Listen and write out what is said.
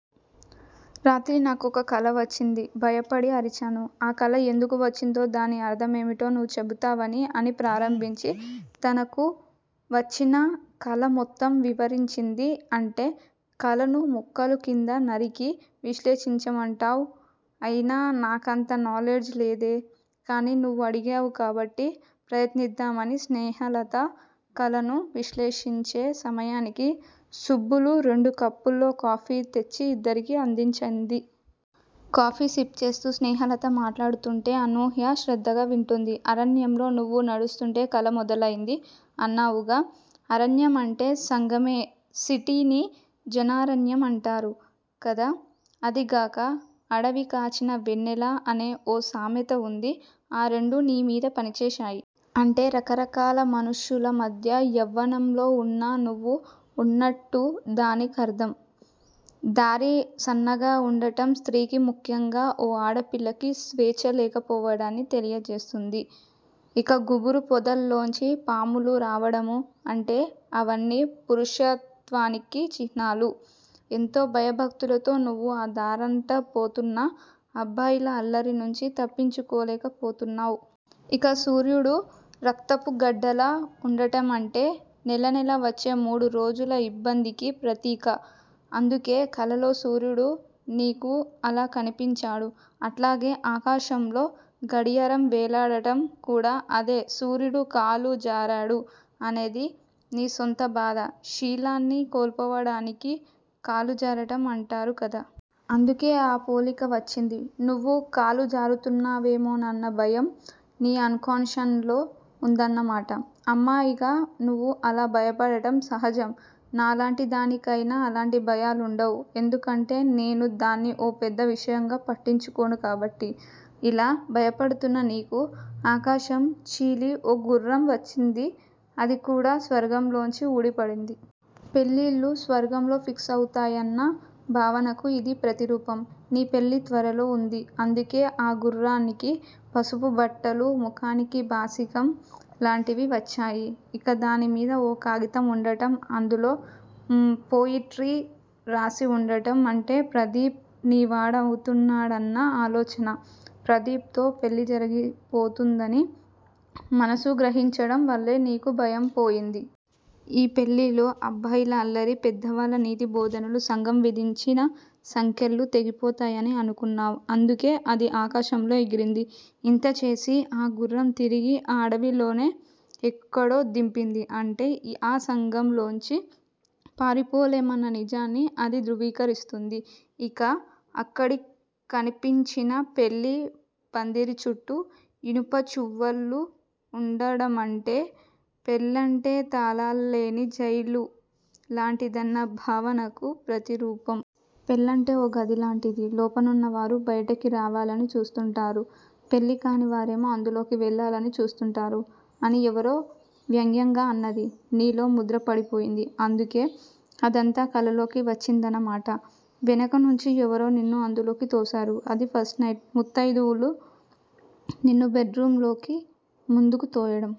రాత్రి నాకో కల వచ్చింది భయపడి అరిచాను. ఆ కల ఎందుకు వచ్చిందో, దాని అర్థం ఏమిటో నువ్వు చెబుతావని అని ప్రారంభించి, తనకు వచ్చిన కల మొత్తం వివరించింది. అంటే కలను ముక్కలు కింద నరికి, విశ్లేషించమంటావ్. అయినా నాకంత నాలెడ్జ్ లేదే. కానీ నువ్వు అడిగావు కాబట్టి ప్రయత్నిద్దాం అని స్నేహలత కలను విశ్లేషించే సమయానికి సుబ్బులు రెండు కప్పుల్లో కాఫీ తెచ్చి ఇద్దరికీ అందించింది. కాఫీ సిప్ చేస్తూ స్నేహలత మాట్లాడుతుంటే అనూహ్య శ్రద్ధగా వింటోంది. అరణ్యంలో నువ్వు నడుస్తుంటే కల మొదలయింది అన్నావుగా ఆఁ అరణ్యం అంటే సంఘమే. సిటీని జనారణ్యం అంటారు కదా. అదీగాక అడవి కాచిన వెన్నెల అనే ఓ సామెత వుంది. ఆ రెండూ నీ మీద పనిచేశాయి. అంటే రకరకాల మనుషుల మధ్య యవ్వనంలో వున్న నువ్వు వున్నట్టు దాని కర్థం. దారి సన్నగా వుండడం స్త్రీకి, ముఖ్యంగా ఓ ఆడపిల్లకి స్వేచ్చ లేకపోవడాన్ని తెలియజేస్తుంది. ఇక గుబురు పొదల్లోంచి పాములు రావడము అంటే అవన్నీ పురుషత్వానికి చిహ్నాలు. ఎంతో భయభక్తులతో నువ్వు ఆ దారంటే పోతున్నా అబ్బాయిల అల్లరి నుంచి తప్పించుకోలేకపోతున్నావ్. ఇక సూర్యుడు రక్తపు గడ్డలా వుండడమంటే నెలనెలా వచ్చే మూడురోజుల ఇబ్బందికి ప్రతీక. అందుకే కలలో సూర్యుడు నీకు అలా కనిపించాడు. అట్లాగే ఆకాశంలో గడియారం వేలాడడం కూడా అదే. సూర్యుడు కాలు జారాడు అనేది నీ సొంత బాధ. శీలాన్ని కోల్పోవడాన్ని కాలు జారడం అంటారు కదా. అందుకే ఆ పోలిక వచ్చింది. నువ్వూ కాలు జారుతావేమోనన్న భయం నీ అన్ కాన్షన్ లో వుందన్న మాట. అమ్మాయిగా నువ్వు అలా భయపడడం సహజం. నాలాంటి దానికైతే అలాంటి భయాలుండవు. ఎందుకంటే నేను దాన్ని ఓ పెద్ద విషయంగా పట్టించుకోను కాబట్టి. ఇలా భయపడుతున్న నీకు ఆకాశం చీలి ఓ గుర్రం వచ్చింది అది కూడా స్వర్గంలోంచి ఊడిపడింది. పెళ్ళిళ్ళు స్వర్గంలో ఫిక్స్ అవుతాయన్న భావనకు ఇది ప్రతిరూపం. నీ పెళ్ళి త్వరలో వుంది. అందుకే ఆ గుర్రానికి పసుపు బట్టలు, ముఖానికి బాసికం లాంటివి వచ్చాయి. ఇక దానిమీద ఓ కాగితం వుండడం, అందులో పొయిట్రీ రాసి వుండడమంటే ప్రదీప్ నీవాడవుతున్నాడన్న ఆలోచన. ప్రదీప్ తో పెళ్ళి జరిగిపోతుందని మనసు గ్రహించడం వల్లే నీకు భయం పోయింది. ఈ పెళ్ళిలో అబ్బాయిల అల్లరి, పెద్దవాళ్ళ నీతి బోధనలు, సంఘం విధించిన సంకెళ్ళు తెగిపోతాయని అనుకున్నావ్. అందుకే అది ఆకాశంలోకి ఎగిరింది. ఇంతా చేసి ఆ గుర్రం తిరిగి ఆ అడవిలోనే ఎక్కడో దింపింది. అంటే ఆ సంఘంలోంచి పారిపోలేమన్న నిజాన్ని అది ధృవీకరిస్తుంది. ఇక అక్కడ కనిపించిన పెళ్ళి పందిరిచుట్టూ ఇనుప చువ్వలు వుండడమంటే పెళ్ళంటే తాళాల్లేని జైలు లాంటిదన్న భావనకి ప్రతిరూపం. పెళ్ళంటే ఓ గదిలాంటిది. లోపనున్నవారు బయటికి రావాలని చూస్తుంటారు. పెళ్ళి కానివారేమో అందులోకి వెళ్ళాలని చూస్తుంటారు. అని ఎవరో వ్యంగ్యంగా అన్నది నీలో ముద్రపడిపోయింది. అందుకే అదంతా కలలోకి వచ్చిందన్న మాట. వెనకనుంచి ఎవరో నిన్ను అందులోకి తోశారు. అది ఫస్ట్ నైట్ ముత్తయిదువలు నిన్ను బెడ్ రూమ్ లోకి ముందుకు తోయడం.